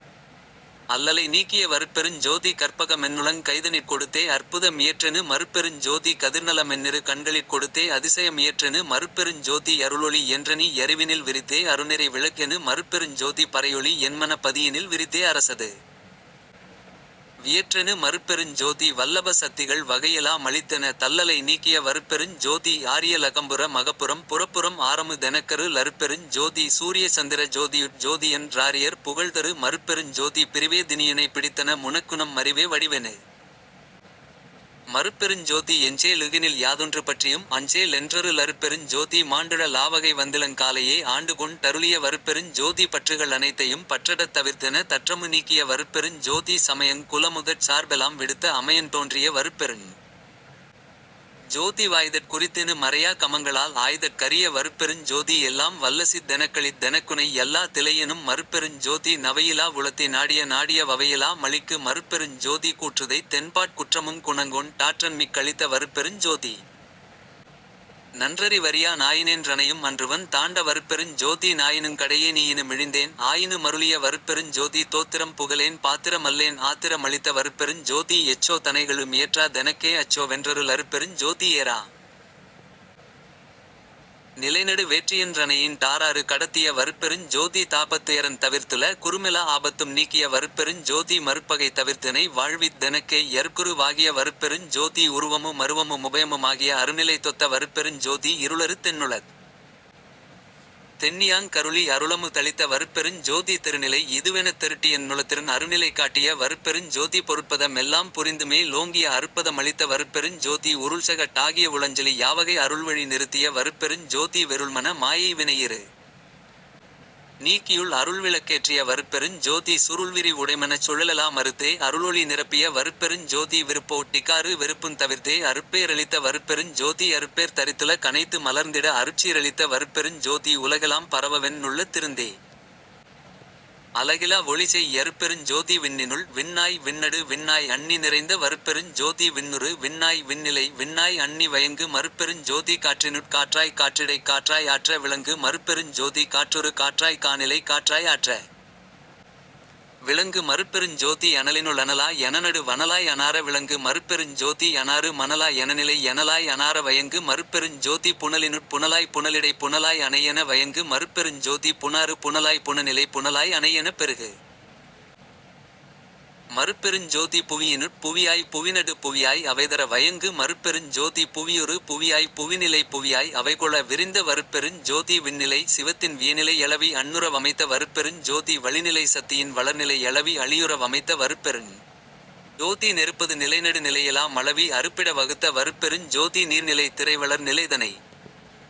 அல்லலை நீக்கிய வருட்பெருஞ் ஜோதி கற்பக மென்னுளங் கைதனிற் கொடுத்தே அற்புத மியற்றெனு மருட்பெருஞ் ஜோதி கதிர்நல மென்னிரு கண்களிற் கொடுத்தே அதிசய மியற்றெனு மருட்பெருஞ் ஜோதி அருளொளி யென்றனி யறிவினில் விரித்தே அருணெறி விளக்கெனு மருட்பெருஞ் ஜோதி பரையொளி யென்மனப் பதியினில் விரித்தே அரசது வியற்றெனு மருட்பெருஞ் ஜோதி வல்லப சத்திகள் வகையெலா மளித்தென தல்லலை நீக்கிய வருட்பெருஞ் ஜோதி ஆரிய லகம்புற மகப்புறம் புறப்புறம் ஆரமு தெனக்கரு ளருட்பெருஞ் ஜோதி சூரிய சந்திர ஜோதியுட் ஜோதியென் றாரியர் புகழ்தரு மருட்பெருஞ் ஜோதி பிறிவே தினியுனைப் பிடித்தன முனக்குநம் மறிவே வடிவெனு மருட்பெருஞ் ஜோதி எஞ்சே லுகினில் யாதொன்று பற்றியும் அஞ்சே லென்றரு ளருட்பெருஞ் ஜோதி மாண்டுழ லாவகை வந்திளங் காலையே ஆண்டுகொண் டருளிய வருட்பெருஞ் ஜோதி பற்றுக ளனைத்தையும் பற்றறத் தவிர்த்தென தற்றமு நீக்கிய வருட்பெருஞ் ஜோதி சமயங் குலமுதற் சார்பெலாம் விடுத்த அமயந் தோன்றிய வருட்பெருஞ் ஜோதி வாய்தற் குரித்தெனு மறையா கமங்களால் ஆய்தற் கரிய வருட்பெருஞ் ஜோதி எல்லாம் வல்லசித் தெனக்களித் தெனக்குனை யல்லா திலையெனும் மருட்பெருஞ் ஜோதி நவையிலா வுளத்தி னாடிய நாடிய வவையெலா மளிக்கு மருட்பெருஞ் ஜோதி கூற்றுதைத் தென்பாற் குற்றமுங் குணங்கொண் டாற்றன்மிக் களித்த வருட்பெருஞ் ஜோதி நன்றறி வறியா நாயினேன் றனையும் அன்றுவந் தாண்ட வருட்பெருஞ் ஜோதி நாயினுங் கடையே னீயினு மிழிந்தேன் ஆயினு மருளிய வருட்பெருஞ் ஜோதி தோத்திரம் புகலேன் பாத்திர மல்லேன் ஆத்திர மளித்த வருட்பெருஞ் ஜோதி எச்சோ தனைகளு மியற்றா தெனக்கே அச்சோ வென்றரு ளருட்பெருஞ் ஜோதி ஏறா நிலைநடு வேற்றியென் றனையீண் டாறாறு கடத்திய வருட்பெருஞ் ஜோதி தாபத் துயரந் தவிர்த்துல குறுமெலா ஆபத்தும் நீக்கிய வருட்பெருஞ் ஜோதி மருட்பகை தவிர்த்தெனை வாழ்வித் தெனக்கே யருட்குரு வாகிய வருட்பெருஞ் ஜோதி உருவமு மருவமு முபயமு மாகிய அருணிலை தொத்த வருட்பெருஞ் ஜோதி இருளறுத் தென்னுளத் தெண்ணியாங் கருளி அருளமு தளித்த வருட்பெருஞ் ஜோதி தெருணிலை யிதுவெனத் தெருட்டியென் னுளத்திருந் அருணிலை காட்டிய வருட்பெருஞ் ஜோதி பொருட்பத மெல்லாம் புரிந்துமே லோங்கிய அருட்பத மளித்த வருட்பெருஞ் ஜோதி உருள்சக டாகிய வுளஞ்சலி யாவகை அருள்வழி நிறுத்திய வருட்பெருஞ் ஜோதி வெருள்மன மாயை வினையிரு ணீக்கியுள் அருள்விளக் கேற்றிய வருட்பெருஞ் ஜோதி சுருள்விரி வுடைமனச் சுழலெலா மறுத்தே அருளொளி நிரப்பிய வருட்பெருஞ் ஜோதி விருப்போ டிகாறு வெறுப்புந் தவிர்த்தே அருட்பே றளித்த வருட்பெருஞ் ஜோதி அருட்பேர் தரித்துல கனைத்து மலர்ந்திட அருட்சீ ரளித்த வருட்பெருஞ் ஜோதி உலகெலாம் பரவவென் னுள்ளத் திருந்தே அலகிலா வொளிசெய் யருட்பெருஞ் ஜோதி விண்ணினுள் விண்ணாய் விண்ணடு விண்ணாய் அண்ணி நிறைந்த வருட்பெருஞ் ஜோதி விண்ணுறு விண்ணாய் விண்ணிலை விண்ணாய் அண்ணி வயங்கு மருட்பெருஞ் ஜோதி காற்றினுட் காற்றாய்க் காற்றிடைக் காற்றாய் ஆற்ற விளங்கு மருட்பெருஞ் ஜோதி காற்றுறு காற்றாய்க் கானிலைக் காற்றாய் ஆற்ற விளங்கு மருட்பெருஞ் ஜோதி அனலினு ளனலா யனனடு வனலாய் அனாற விளங்கு மருட்பெருஞ் ஜோதி அனாறு மனலா யனனிலை யனலாய் அனாற வயங்கு மருட்பெருஞ் ஜோதி புனலினுட் புனலாய்ப் புனலிடைப் புனலாய் அனையென வயங்கு மருட்பெருஞ் ஜோதி புனாறு புனலாய்ப் புனனிலைப் புனலாய் அனையெனப் பெருகு மருட்பெருஞ் ஜோதி புவியினுட் புவியாய்ப் புவிநடுப் புவியாய் அவைதர வயங்கு மருட்பெருஞ் ஜோதி புவியுறு புவியாய்ப் புவிநிலைப் புவியாய் அவைகொள விரிந்த வருட்பெருஞ் ஜோதி விண்ணிலை சிவத்தின் வியனிலை யளவி அண்ணுற வமைத்த வருட்பெருஞ் ஜோதி வளிநிலை சத்தியின் வளர்நிலை யளவி அளியுற வமைத்த வருட்பெருஞ் ஜோதி நெருப்பது நிலைநடு நிலையெலா மளவி அருப்பிட வகுத்த வருட்பெருஞ் ஜோதி நீர்நிலை திரைவளர் நிலைதனை